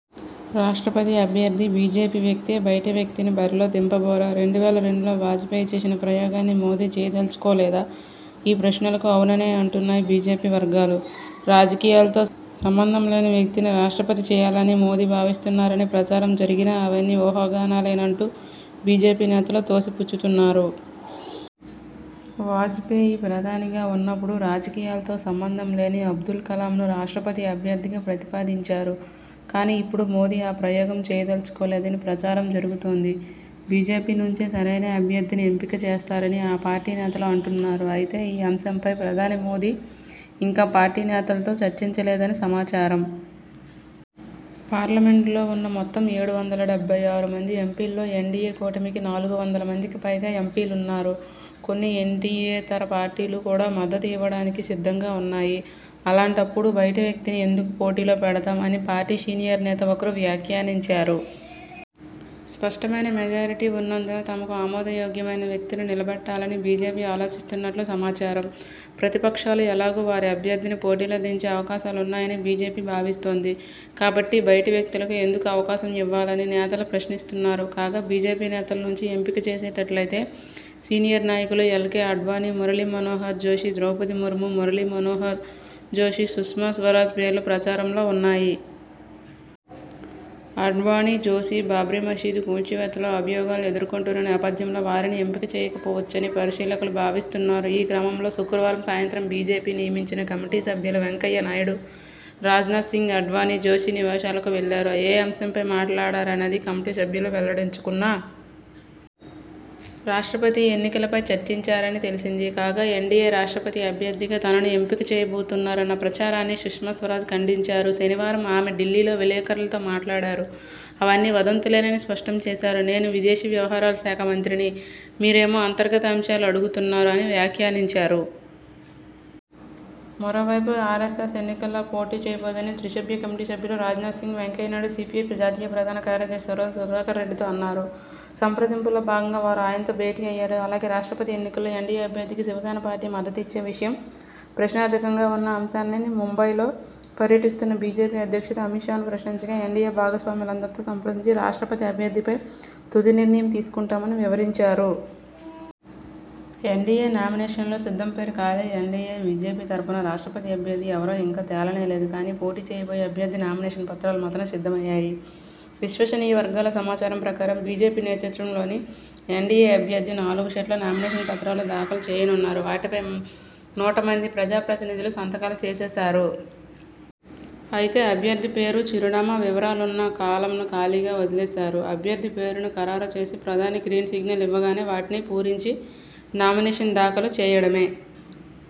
రాష్ట్రపతి అభ్యర్థి బీజేపీ వ్యక్తే బయటి వ్యక్తిని బరిలో దింపబోరా? రెండు వేల రెండులో వాజపేయి చేసిన ప్రయోగాన్ని మోదీ చేయదల్చుకోలేదా? ఈ ప్రశ్నలకు అవుననే అంటున్నాయి బీజేపీ వర్గాలు. రాజకీయాలతో సంబంధంలేని వ్యక్తిని రాష్ట్రపతి చేయాలని మోదీ భావిస్తున్నారని ప్రచారం జరిగినా అవన్నీ ఊహాగానాలేనంటూ బీజేపీ నేతలు తోసిపుచ్చుతున్నారు. వాజపేయి ప్రధానిగా ఉన్నప్పుడు రాజకీయాలతో సంబంధం లేని అబ్దుల్ కలాంను రాష్ట్రపతి అభ్యర్థిగా ప్రతిపాదించారు. కానీ ఇప్పుడు మోదీ ఆ ప్రయోగం చేయదల్చులేదని ప్రచారం జరుగుతోంది. బీజేపీ నుంచే సరైన అభ్యర్థిని ఎంపిక చేస్తారని ఆ పార్టీ నేతలు అంటున్నారు. అయితే, ఈ అంశంపై ప్రధాని మోదీ ఇంకా పార్టీ నేతలతో చర్చించలేదని సమాచారం. 'పార్లమెంటులో ఉన్న మెత్తం ఏడు వందల డెబ్బై ఆరు మంది ఎంపీల్లో ఎన్డీఏ కూటమికి నాలుగు వందల మందికి పైగా ఎంపీలున్నారు. కొన్ని ఎన్డీయేతర పార్టీలు కూడా మద్దతు ఇవ్వడానికి సిద్ధంగా ఉన్నాయి. అలాంటప్పుడు బయటి వ్యక్తిని ఎందుకు పోటీలో పెడతాం? ' అని పార్టీ సీనియర్ నేత ఒకరు వ్యాఖ్యానించారు. స్పష్టమైన మెజారిటీ ఉన్నందున తమకు ఆమోదయోగ్యమైన వ్యక్తిని నిలబెట్టాలని బీజేపీ ఆలోచిస్తున్నట్లు సమాచారం. ప్రతిపక్షాలు ఎలాగూ వారి అభ్యర్థిని పోటీలో దించే అవకాశాలున్నాయని బీజేపీ భావిస్తోంది. కాబట్టి బయటి వ్యక్తులకు ఎందుకు అవకాశం ఇవ్వాలని నేతలు ప్రశ్నిస్తున్నారు. కాగా, బీజేపీ నేతల నుంచి ఎంపిక చేసేటట్లయితే సీనియర్ నాయకులు ఎల్కే ఆడ్వాణీ, మురళీ మనోహర్ జోషి, ద్రౌపది ముర్ము, మురళీ మనోహర్ జోషి, సుష్మా స్వరాజ్ పేర్లు ప్రచారంలో ఉన్నాయి. ఆడ్వాణీ, జోషి బాబ్రీమసీదు కూల్చివేతలో అభియోగాలు ఎదుర్కొంటున్న నేపథ్యంలో వారిని ఎంపిక చేయకపోవచ్చని పరిశీలకులు భావిస్తున్నారు. ఈ క్రమంలో శుక్రవారం సాయంత్రం బీజేపీ నియమించిన కమిటీ సభ్యులు వెంకయ్య నాయుడు, రాజ్నాథ్ సింగ్ఆడ్వాణీ, జోషి నివాసాలకు వెళ్లారు. ఏ అంశంపై మాట్లాడారనేది కమిటీ సభ్యులు వెల్లడించకున్నా.. రాష్ట్రపతి ఎన్నికలపై చర్చించారని తెలిసింది. కాగా, ఎన్డీఏ రాష్ట్రపతి అభ్యర్థిగా తనను ఎంపిక చేయబోతున్నారన్న ప్రచారాన్ని సుష్మా స్వరాజ్ ఖండించారు. శనివారం ఆమె ఢిల్లీలో విలేకరులతో మాట్లాడారు. అవన్నీ వదంతులేనని స్పష్టం చేశారు. 'నేను విదేశీ వ్యవహారాల శాఖ మంత్రిని. మీరేమో అంతర్గత అంశాలు అడుగుతున్నారు' అని వ్యాఖ్యానించారు. మరోవైపు, ఆర్ఎ్సఎస్ ఎన్నికల్లో పోటీ చేయబోదని త్రిసభ్య కమిటీ సభ్యులు రాజ్నాథ్ సింగ్, వెంకయ్య నాయుడు.. సీపీఐ జాతీయ ప్రధాన కార్యదర్శి సురవరం సుధాకర్రెడ్డితో అన్నారు. సంప్రదింపుల్లో భాగంగా వారు ఆయనతో భేటీ అయ్యారు. అలాగే, రాష్ట్రపతి ఎన్నికల్లో ఎన్డీఏ అభ్యర్థికి శివసేన పార్టీ మద్దతిచ్చే విషయం ప్రశ్నార్థకంగా ఉన్న అంశాన్ని ముంబైలో పర్యటిస్తున్న బీజేపీ అధ్యక్షుడు అమిత్ షాను ప్రశ్నించగాఎన్డీఏ భాగస్వాములందరితో సంప్రదించి రాష్ట్రపతి అభ్యర్థిపై తుది నిర్ణయం తీసుకుంటామని వివరించారు. ఎన్డీఏ నామినేషన్లు సిద్ధంపేరు ఖాళీ ఎన్డీఏ-బీజేపీ తరఫున రాష్ట్రపతి అభ్యర్థి ఎవరో ఇంకా తేలనేలేదు. కానీ పోటీ చేయబోయే అభ్యర్థి నామినేషన్ పత్రాలు మాత్రం సిద్ధమయ్యాయి. విశ్వసనీయవర్గాల సమాచారం ప్రకారం, బీజేపీ నేతృత్వంలోని ఎన్డీఏ అభ్యర్థి నాలుగు సెట్ల నామినేషన్ పత్రాలు దాఖలు చేయనున్నారు. వాటిపై నూట మంది ప్రజాప్రతినిధులు సంతకాలు చేసేశారు. అయితే అభ్యర్థిపేరు, చిరునామా, వివరాలున్న కాలమ్ను ఖాళీగా వదిలేశారు. అభ్యర్థిపేరును ఖరారుచేసి ప్రధాని గ్రీన్ సిగ్నల్ ఇవ్వగానే వాటిని పూరించి నామినేషన్ దాఖలు చేయడమే!